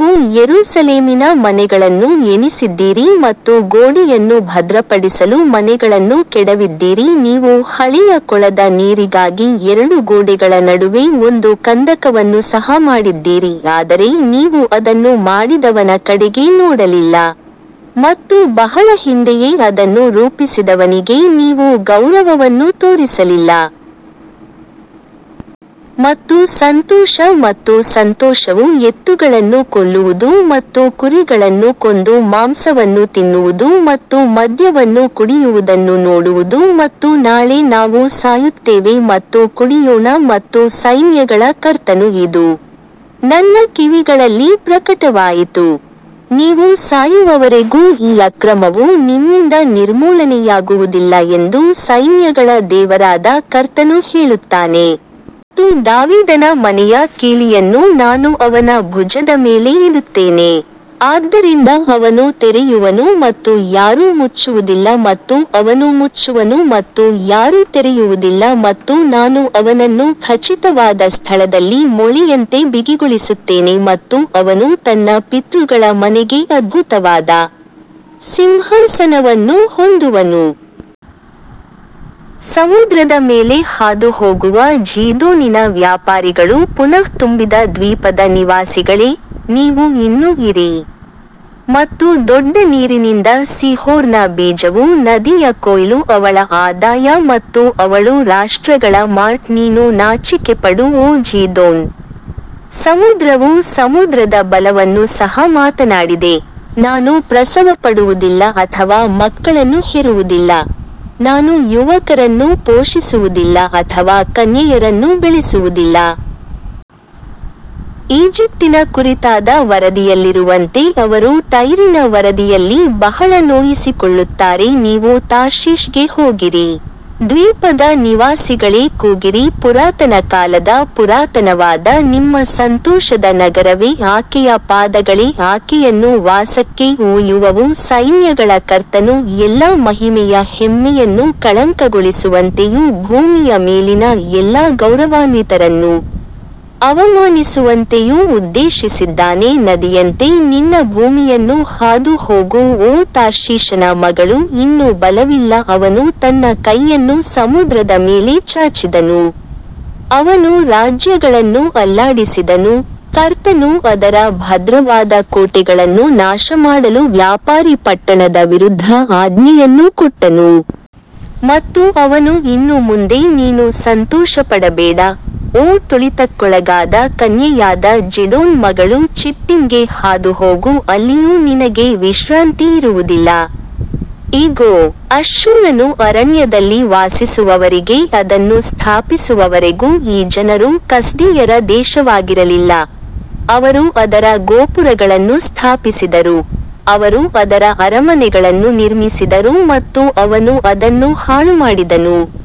ನೀವು ಯೆರೂಸಲೇಮಿನ ಮನೆಗಳನ್ನು ಎಣಿಸಿದ್ದೀರಿ ಮತ್ತು ಗೋಡೆಯನ್ನು ಭದ್ರಪಡಿಸಲು ಮನೆಗಳನ್ನು ಕೆಡವಿದ್ದೀರಿ ನೀವು ಹಳೆಯ ಕೊಳದ ನೀರಿಗಾಗಿ ಎರಡು ಗೋಡೆಗಳ ನಡುವೆ ಒಂದು ಕಂದಕವನ್ನು ಸಹ ಮಾಡಿದ್ದೀರಿ ಆದರೆ ನೀವು ಅದನ್ನು ಮಾಡಿದವನ ಕಡೆಗೆ ನೋಡಲಿಲ್ಲ ಮತ್ತು ಬಹಳ ಹಿಂದೆಯೇ ಅದನ್ನು ರೂಪಿಸಿದವನಿಗೆ ನೀವು ಗೌರವವನ್ನು ತೋರಿಸಲಿಲ್ಲ. ಮತ್ತು ಸಂತೋಷ ಮತ್ತು ಸಂತೋಷವು ಎತ್ತುಗಳನ್ನು ಕೊಲ್ಲುವುದು ಮತ್ತು ಕುರಿಗಳನ್ನು ಕೊಂದು ಮಾಂಸವನ್ನು ತಿನ್ನುವುದು ಮತ್ತು ಮದ್ಯವನ್ನು ಕುಡಿಯುವುದನ್ನು ನೋಡುವುದು ಮತ್ತು ನಾಳೆ ನಾವು ಸಾಯುತ್ತೇವೆ ಮತ್ತು ಕುಡಿಯೋಣ ಮತ್ತು ಸೈನ್ಯಗಳ ಕರ್ತನು ಇದು ನನ್ನ ಕಿವಿಗಳಲ್ಲಿ ಪ್ರಕಟವಾಯಿತು, ನೀವು ಸಾಯುವವರೆಗೂ ಈ ಅಕ್ರಮವು ನಿಮ್ಮಿಂದ ನಿರ್ಮೂಲನೆಯಾಗುವುದಿಲ್ಲ ಎಂದು ಸೈನ್ಯಗಳ ದೇವರಾದ ಕರ್ತನು ಹೇಳುತ್ತಾನೆ. ಮತ್ತು ದಾವೀದನ ಮನೆಯ ಕೀಲಿಯನ್ನು ನಾನು ಅವನ ಭುಜದ ಮೇಲೆ ಇಡುತ್ತೇನೆ, ಆದ್ದರಿಂದ ಅವನು ತೆರೆಯುವನು ಮತ್ತು ಯಾರೂ ಮುಚ್ಚುವುದಿಲ್ಲ ಮತ್ತು ಅವನು ಮುಚ್ಚುವನು ಮತ್ತು ಯಾರೂ ತೆರೆಯುವುದಿಲ್ಲ ಮತ್ತು ನಾನು ಅವನನ್ನು ಖಚಿತವಾದ ಸ್ಥಳದಲ್ಲಿ ಮೊಳೆಯಂತೆ ಬಿಗಿಗೊಳಿಸುತ್ತೇನೆ ಮತ್ತು ಅವನು ತನ್ನ ಪಿತೃಗಳ ಮನೆಗೆ ಅದ್ಭುತವಾದ ಸಿಂಹಾಸನವನ್ನು ಹೊಂದುವನು. ಸಮುದ್ರದ ಮೇಲೆ ಹಾದುಹೋಗುವ ಝೀದೋನಿನ ವ್ಯಾಪಾರಿಗಳು ಪುನಃ ತುಂಬಿದ ದ್ವೀಪದ ನಿವಾಸಿಗಳೇ, ನೀವು ಇನ್ನೂ ಇರಿ. ಮತ್ತು ದೊಡ್ಡ ನೀರಿನಿಂದ ಸೀಹೋರ್ನ ಬೀಜವು ನದಿಯ ಕೊಯ್ಲು ಅವಳ ಆದಾಯ ಮತ್ತು ಅವಳು ರಾಷ್ಟ್ರಗಳ ಮಾರ್ಟ್ ನೀನು ನಾಚಿಕೆಪಡು ಓ ಝೀದೋನ್, ಸಮುದ್ರವು ಸಮುದ್ರದ ಬಲವನ್ನು ಸಹ ಮಾತನಾಡಿದೆ, ನಾನು ಪ್ರಸವಪಡುವುದಿಲ್ಲ ಅಥವಾ ಮಕ್ಕಳನ್ನು ಹೆರುವುದಿಲ್ಲ, ನಾನು ಯುವಕರನ್ನು ಪೋಷಿಸುವುದಿಲ್ಲ ಅಥವಾ ಕನ್ಯೆಯರನ್ನು ಬೆಳೆಸುವುದಿಲ್ಲ. ಈಜಿಪ್ಟಿನ ಕುರಿತಾದ ವರದಿಯಲ್ಲಿರುವಂತೆ ಅವರು ಟೈರಿನ ವರದಿಯಲ್ಲಿ ಬಹಳ ನೋಯಿಸಿಕೊಳ್ಳುತ್ತಾರೆ ನೀವು ತಾರ್ಷೀಷ್ಗೆ ಹೋಗಿರಿ, ದ್ವೀಪದ ನಿವಾಸಿಗಳೇ ಕೂಗಿರಿ ಪುರಾತನ ಕಾಲದ ಪುರಾತನವಾದ ನಿಮ್ಮ ಸಂತೋಷದ ನಗರವೇ ಆಕೆಯ ಪಾದಗಳೇ ಆಕೆಯನ್ನು ವಾಸಕ್ಕೆ ಒಯ್ಯುವವು ಸೈನ್ಯಗಳ ಕರ್ತನು ಎಲ್ಲಾ ಮಹಿಮೆಯ ಹೆಮ್ಮೆಯನ್ನು ಕಳಂಕಗೊಳಿಸುವಂತೆಯೂ ಭೂಮಿಯ ಮೇಲಿನ ಎಲ್ಲಾ ಗೌರವಾನ್ವಿತರನ್ನು ಅವಮಾನಿಸುವಂತೆಯೂ ಉದ್ದೇಶಿಸಿದ್ದಾನೆ ನದಿಯಂತೆ ನಿನ್ನ ಭೂಮಿಯನ್ನು ಹಾದು ಹೋಗು ಓ ತಾರ್ಷೀಷನ ಮಗಳು ಇನ್ನು ಬಲವಿಲ್ಲ ಅವನು ತನ್ನ ಕೈಯನ್ನು ಸಮುದ್ರದ ಮೇಲೆ ಚಾಚಿದನು, ಅವನು ರಾಜ್ಯಗಳನ್ನು ಅಲ್ಲಾಡಿಸಿದನು, ಕರ್ತನು ಅದರ ಭದ್ರವಾದ ಕೋಟೆಗಳನ್ನು ನಾಶಮಾಡಲು ವ್ಯಾಪಾರಿ ಪಟ್ಟಣದ ವಿರುದ್ಧ ಆಜ್ಞೆಯನ್ನು ಕೊಟ್ಟನು. ಮತ್ತು ಅವನು ಇನ್ನು ಮುಂದೆ ನೀನು ಸಂತೋಷಪಡಬೇಡ, ಓ ತುಳಿತಕ್ಕೊಳಗಾದ ಕನ್ಯೆಯಾದ ಜಿಡೋನ್ ಮಗಳು ಚಿಟ್ಟಿಮ್ಗೆ ಹಾದುಹೋಗು ಅಲ್ಲಿಯೂ ನಿನಗೆ ವಿಶ್ರಾಂತಿ ಇರುವುದಿಲ್ಲ. ಇಗೋ, ಅಶ್ಶೂರನು ಅರಣ್ಯದಲ್ಲಿ ವಾಸಿಸುವವರಿಗೆ ಅದನ್ನು ಸ್ಥಾಪಿಸುವವರೆಗೂ ಈ ಜನರು ಕಸ್ದೀಯರ ದೇಶವಾಗಿರಲಿಲ್ಲ, ಅವರು ಅದರ ಗೋಪುರಗಳನ್ನು ಸ್ಥಾಪಿಸಿದರು, ಅವರು ಅದರ ಅರಮನೆಗಳನ್ನು ನಿರ್ಮಿಸಿದರು ಮತ್ತು ಅವನು ಅದನ್ನು ಹಾಳುಮಾಡಿದನು.